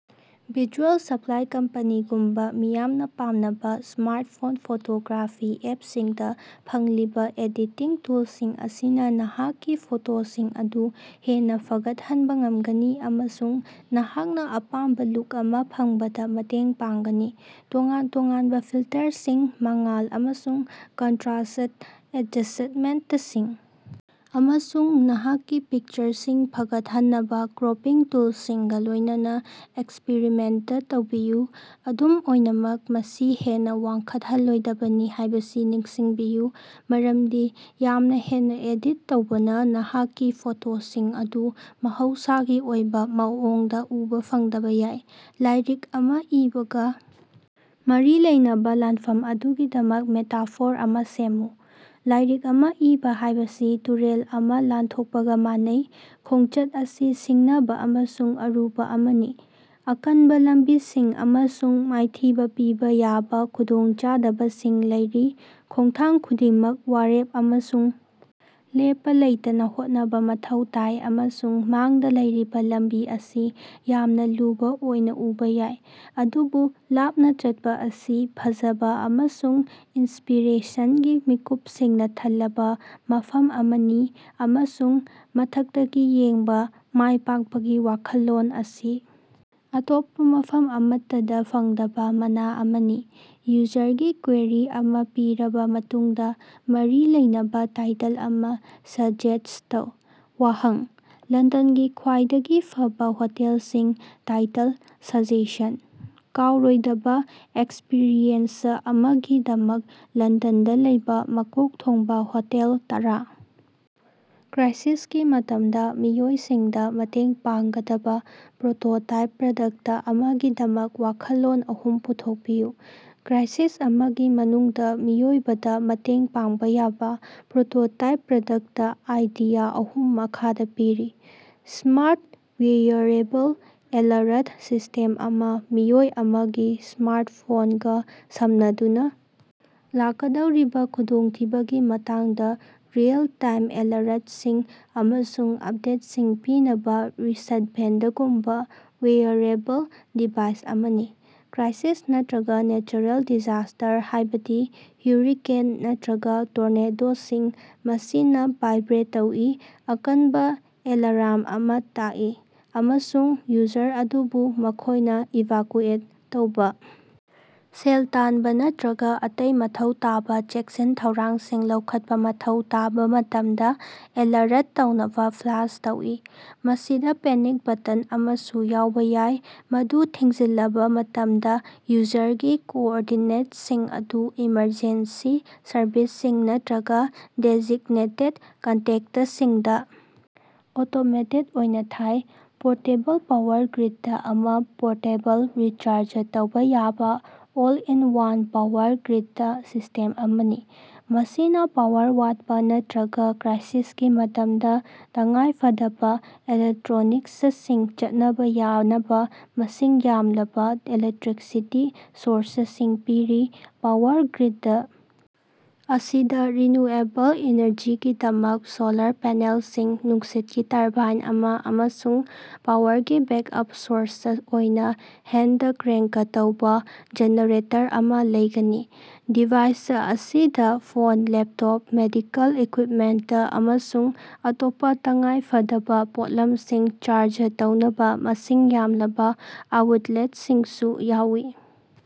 Visual Supply Company ꯒꯨꯝꯕ ꯃꯤꯌꯥꯝꯅ ꯄꯥꯝꯅꯕ ꯁ꯭ꯃꯥꯔꯠꯐꯣꯟ ꯐꯣꯇꯣꯒ꯭ꯔꯥꯐꯤ ꯑꯦꯞꯁꯤꯡꯗ ꯐꯪꯂꯤꯕ ꯑꯦꯗꯤꯇꯤꯡ ꯇꯨꯜꯁꯤꯡ ꯑꯁꯤꯅ ꯅꯍꯥꯛꯀꯤ ꯐꯣꯇꯣꯁꯤꯡ ꯑꯗꯨ ꯍꯦꯟꯅ ꯐꯒꯠꯍꯟꯕ ꯉꯝꯒꯅꯤ ꯑꯃꯁꯨꯡ ꯅꯍꯥꯛꯅ ꯑꯄꯥꯝꯕ ꯂꯨꯛ ꯑꯃ ꯐꯪꯕꯗ ꯃꯇꯦꯡ ꯄꯥꯡꯒꯅꯤ꯫ ꯇꯣꯉꯥꯟ-ꯇꯣꯉꯥꯟꯕ ꯐꯤꯜꯇꯔꯁꯤꯡ, ꯃꯉꯥꯜ ꯑꯃꯁꯨꯡ ꯀꯟꯇ꯭ꯔꯥꯁꯠ ꯑꯦꯗꯖꯁꯠꯃꯦꯟꯇꯁꯤꯡ, ꯑꯃꯁꯨꯡ ꯅꯍꯥꯛꯀꯤ ꯄꯤꯛꯆꯔꯁꯤꯡ ꯐꯒꯠꯍꯟꯅꯕ ꯀ꯭ꯔꯣꯄꯤꯡ ꯇꯨꯜꯁꯤꯡꯒ ꯂꯣꯏꯅꯅ ꯑꯦꯛꯁꯄꯤꯔꯤꯃꯦꯟꯇ ꯇꯧꯕꯤꯌꯨ꯫ ꯑꯗꯨꯝ ꯑꯣꯏꯅꯃꯛ, ꯃꯁꯤ ꯍꯦꯟꯅ ꯋꯥꯡꯈꯠꯍꯜꯂꯣꯏꯗꯕꯅꯤ ꯍꯥꯏꯕꯁꯤ ꯅꯤꯡꯁꯤꯡꯕꯤꯌꯨ ꯃꯔꯝꯗꯤ ꯌꯥꯝꯅ ꯍꯦꯟꯅ ꯑꯦꯗꯤꯠ ꯇꯧꯕꯅ ꯅꯍꯥꯛꯀꯤ ꯐꯣꯇꯣꯁꯤꯡ ꯑꯗꯨ ꯃꯍꯧꯁꯥꯒꯤ ꯑꯣꯏꯕ ꯃꯑꯣꯡꯗ ꯎꯕ ꯐꯪꯗꯕ ꯌꯥꯏ꯫ ꯂꯥꯏꯔꯤꯛ ꯑꯃ ꯏꯕꯒ ꯃꯔꯤ ꯂꯩꯅꯕ ꯂꯥꯟꯐꯝ ꯑꯗꯨꯒꯤꯗꯃꯛ ꯃꯦꯇꯥꯐꯣꯔ ꯑꯃ ꯁꯦꯝꯃꯨ꯫ ꯂꯥꯏꯔꯤꯛ ꯑꯃ ꯏꯕ ꯍꯥꯏꯕꯁꯤ ꯇꯨꯔꯦꯜ ꯑꯃ ꯂꯥꯟꯊꯣꯛꯄꯒ ꯃꯥꯟꯅꯩ꯫ ꯈꯣꯡꯆꯠ ꯑꯁꯤ ꯁꯤꯡꯅꯕ ꯑꯃꯁꯨꯡ ꯑꯔꯨꯕ ꯑꯃꯅꯤ꯫ ꯑꯀꯟꯕ ꯂꯝꯕꯤꯁꯤꯡ ꯑꯃꯁꯨꯡ ꯃꯥꯏꯊꯤꯕ ꯄꯤꯕ ꯌꯥꯕ ꯈꯨꯗꯣꯡꯆꯥꯗꯕꯁꯤꯡ ꯂꯩꯔꯤ꯫ ꯈꯣꯡꯊꯥꯡ ꯈꯨꯗꯤꯡꯃꯛ ꯋꯥꯔꯦꯞ ꯑꯃꯁꯨꯡ ꯂꯦꯞꯄ ꯂꯩꯇꯅ ꯍꯣꯠꯅꯕ ꯃꯊꯧ ꯇꯥꯏ ꯑꯃꯁꯨꯡ ꯃꯥꯡꯗ ꯂꯩꯔꯤꯕ ꯂꯝꯕꯤ ꯑꯁꯤ ꯌꯥꯝꯅ ꯂꯨꯕ ꯑꯣꯏꯅ ꯎꯕ ꯌꯥꯏ꯫ ꯑꯗꯨꯕꯨ ꯂꯥꯞꯅ ꯆꯠꯄ ꯑꯁꯤ ꯐꯖꯕ ꯑꯃꯁꯨꯡ ꯏꯟꯁꯄꯤꯔꯦꯁꯟꯒꯤ ꯃꯤꯀꯨꯞꯁꯤꯡꯅ ꯊꯜꯂꯕ ꯃꯐꯝ ꯑꯃꯅꯤ ꯑꯃꯁꯨꯡ ꯃꯊꯛꯇꯒꯤ ꯌꯦꯡꯕ, ꯃꯥꯏ ꯄꯥꯛꯄꯒꯤ ꯋꯥꯈꯜꯂꯣꯟ ꯑꯁꯤ ꯑꯇꯣꯞꯄ ꯃꯐꯝ ꯑꯃꯠꯇꯗ ꯐꯪꯗꯕ ꯃꯅꯥ ꯑꯃꯅꯤ꯫ ꯌꯨꯖꯔꯒꯤ ꯀ꯭ꯋꯦꯔꯤ ꯑꯃ ꯄꯤꯔꯕ ꯃꯇꯨꯡꯗ ꯃꯔꯤ ꯂꯩꯅꯕ ꯇꯥꯏꯇꯜ ꯑꯃ ꯁꯖꯦꯁ꯭ꯠ ꯇꯧ꯫ ꯋꯥꯍꯪ: ꯂꯟꯗꯟꯒꯤ ꯈ꯭ꯋꯥꯏꯗꯒꯤ ꯐꯕ ꯍꯣꯇꯦꯜꯁꯤꯡ꯫ ꯇꯥꯏꯇꯜ ꯁꯖꯦꯁꯟ: "ꯀꯥꯎꯔꯣꯏꯗꯕ ꯑꯦꯛꯁꯄꯤꯔꯤꯌꯦꯟꯁ ꯑꯃꯒꯤꯗꯃꯛ ꯂꯟꯗꯟꯗ ꯂꯩꯕ ꯃꯀꯣꯛ ꯊꯣꯡꯕ ꯍꯣꯇꯦꯜ ꯇꯔꯥ"꯫ ꯀ꯭ꯔꯥꯏꯁꯤꯁꯀꯤ ꯃꯇꯝꯗ ꯃꯤꯑꯣꯏꯁꯤꯡꯗ ꯃꯇꯦꯡ ꯄꯥꯡꯒꯗꯕ ꯄ꯭ꯔꯣꯇꯣꯇꯥꯏꯞ ꯄ꯭ꯔꯗꯛꯇ ꯑꯃꯒꯤꯗꯃꯛ ꯋꯥꯈꯜꯂꯣꯟ ꯑꯍꯨꯝ ꯄꯨꯊꯣꯛꯄꯤꯌꯨ꯫ ꯀ꯭ꯔꯥꯏꯁꯤꯁ ꯑꯃꯒꯤ ꯃꯅꯨꯡꯗ ꯃꯤꯑꯣꯏꯕꯗ ꯃꯇꯦꯡ ꯄꯥꯡꯕ ꯌꯥꯕ ꯄ꯭ꯔꯣꯇꯣꯇꯥꯏꯞ ꯄ꯭ꯔꯗꯛꯇ ꯑꯥꯏꯗꯤꯌꯥ ꯑꯍꯨꯝ ꯃꯈꯥꯗ ꯄꯤꯔꯤ: ꯁ꯭ꯃꯥꯔꯠ ꯋꯦꯌꯔꯑꯦꯕꯜ ꯑꯦꯂꯔꯠ ꯁꯤꯁ꯭ꯇꯦꯝ ꯑꯃ ꯃꯤꯑꯣꯏ ꯑꯃꯒꯤ ꯁ꯭ꯃꯥꯔꯠꯐꯣꯟꯒ ꯁꯝꯅꯗꯨꯅ ꯂꯥꯛꯀꯗꯧꯔꯤꯕ ꯈꯨꯗꯣꯡꯊꯤꯕꯒꯤ ꯃꯇꯥꯡꯗ ꯔꯤꯑꯦꯜ-ꯇꯥꯏꯝ ꯑꯦꯂꯔꯠꯁꯤꯡ ꯑꯃꯁꯨꯡ ꯑꯞꯗꯦꯠꯁꯤꯡ ꯄꯤꯅꯕ ꯔꯤꯁꯠꯕꯦꯟꯗꯒꯨꯝꯕ ꯋꯦꯌꯔꯑꯦꯕꯜ ꯗꯤꯚꯥꯏꯁ ꯑꯃꯅꯤ꯫ ꯀ꯭ꯔꯥꯏꯁꯤꯁ ꯅꯠꯇ꯭ꯔꯒ ꯅꯦꯆꯔꯦꯜ ꯗꯤꯖꯥꯁꯇꯔ, ꯍꯥꯏꯕꯗꯤ ꯍ꯭ꯌꯨꯔꯤꯀꯦꯟ ꯅꯠꯇ꯭ꯔꯒ ꯇꯣꯔꯅꯦꯗꯣꯁꯤꯡ꯫ ꯃꯁꯤꯅ ꯚꯥꯏꯕ꯭ꯔꯦꯠ ꯇꯧꯏ, ꯑꯀꯟꯕ ꯑꯦꯂꯥꯔꯝ ꯑꯃ ꯇꯥꯛꯏ ꯑꯃꯁꯨꯡ ꯌꯨꯖꯔ ꯑꯗꯨꯕꯨ ꯃꯈꯣꯏꯅ ꯏꯚꯥꯀꯨꯑꯦꯠ ꯇꯧꯕ, ꯁꯦꯜ ꯇꯥꯟꯕ ꯅꯠꯇ꯭ꯔꯒ ꯑꯇꯩ ꯃꯊꯧ ꯇꯥꯕ ꯆꯦꯛꯁꯤꯟ ꯊꯧꯔꯥꯡꯁꯤꯡ ꯂꯧꯈꯠꯄ ꯃꯊꯧ ꯇꯥꯕ ꯃꯇꯝꯗ ꯑꯦꯂꯔꯠ ꯇꯧꯅꯕ ꯐ꯭ꯂꯥꯁ ꯇꯧꯏ꯫ ꯃꯁꯤꯗ ꯄꯦꯅꯤꯛ ꯕꯇꯟ ꯑꯃꯁꯨ ꯌꯥꯎꯕ ꯌꯥꯏ, ꯃꯗꯨ ꯊꯤꯡꯖꯤꯜꯂꯕ ꯃꯇꯝꯗ, ꯌꯨꯖꯔꯒꯤ ꯀꯣꯑꯣꯔꯗꯤꯅꯦꯠꯁꯤꯡ ꯑꯗꯨ ꯏꯃꯔꯖꯦꯟꯁꯤ ꯁꯔꯚꯤꯁꯁꯤꯡ ꯅꯠꯇ꯭ꯔꯒ ꯗꯦꯖꯤꯒꯅꯦꯇꯦꯗ ꯀꯟꯇꯦꯛꯇꯁꯤꯡꯗ ꯑꯣꯇꯣꯃꯦꯇꯦꯗ ꯑꯣꯏꯅ ꯊꯥꯏ꯫ ꯄꯣꯔꯇꯦꯕꯜ ꯄꯥꯋꯔ ꯒ꯭ꯔꯤꯗ ꯑꯃ ꯄꯣꯔꯇꯦꯕꯜ, ꯔꯤꯆꯥꯔꯖ ꯇꯧꯕ ꯌꯥꯕ, ꯑꯣꯜ-ꯏꯟ-ꯋꯥꯟ ꯄꯥꯋꯔ ꯒ꯭ꯔꯤꯗ ꯁꯤꯁ꯭ꯇꯦꯝ ꯑꯃꯅꯤ꯫ ꯃꯁꯤꯅ ꯄꯥꯋꯔ ꯋꯥꯠꯄ ꯅꯠꯇ꯭ꯔꯒ ꯀ꯭ꯔꯥꯏꯁꯤꯁꯀꯤ ꯃꯇꯝꯗ ꯇꯉꯥꯏꯐꯗꯕ ꯏꯂꯦꯛꯇ꯭ꯔꯣꯅꯤꯛꯁꯁꯤꯡ ꯆꯠꯅꯕ ꯌꯥꯅꯕ ꯃꯁꯤꯡ ꯌꯥꯝꯂꯕ ꯏꯂꯦꯛꯇ꯭ꯔꯤꯁꯤꯇꯤ ꯁꯣꯔꯁꯁꯤꯡ ꯄꯤꯔꯤ꯫ ꯄꯥꯋꯔ ꯒ꯭ꯔꯤꯗ ꯑꯁꯤꯗ ꯔꯤꯅ꯭ꯌꯨꯑꯦꯕꯜ ꯏꯅꯔꯖꯤꯒꯤꯗꯃꯛ ꯁꯣꯂꯔ ꯄꯦꯅꯦꯜꯁꯤꯡ, ꯅꯨꯡꯁꯤꯠꯀꯤ ꯇꯔꯕꯥꯏꯟ ꯑꯃ ꯑꯃꯁꯨꯡ ꯄꯥꯋꯔꯒꯤ ꯕꯦꯛꯑꯞ ꯁꯣꯔꯁ ꯑꯣꯏꯅ ꯍꯦꯟꯗ-ꯀ꯭ꯔꯦꯡꯀ ꯇꯧꯕ ꯖꯦꯅꯦꯔꯦꯇꯔ ꯑꯃ ꯂꯩꯒꯅꯤ꯫ ꯗꯤꯚꯥꯏꯁ ꯑꯁꯤꯗ ꯐꯣꯟ, ꯂꯦꯞꯇꯣꯞ, ꯃꯦꯗꯤꯀꯜ ꯏꯀ꯭ꯋꯤꯞꯃꯦꯟꯇ ꯑꯃꯁꯨꯡ ꯑꯇꯣꯞꯄ ꯇꯉꯥꯏ ꯐꯗꯕ ꯄꯣꯠꯂꯝꯁꯤꯡ ꯆꯥꯔꯖ ꯇꯧꯅꯕ ꯃꯁꯤꯡ ꯌꯥꯝꯂꯕ ꯑꯥꯎꯠꯂꯦꯠꯁꯤꯡꯁꯨ ꯌꯥꯎꯋꯤ꯫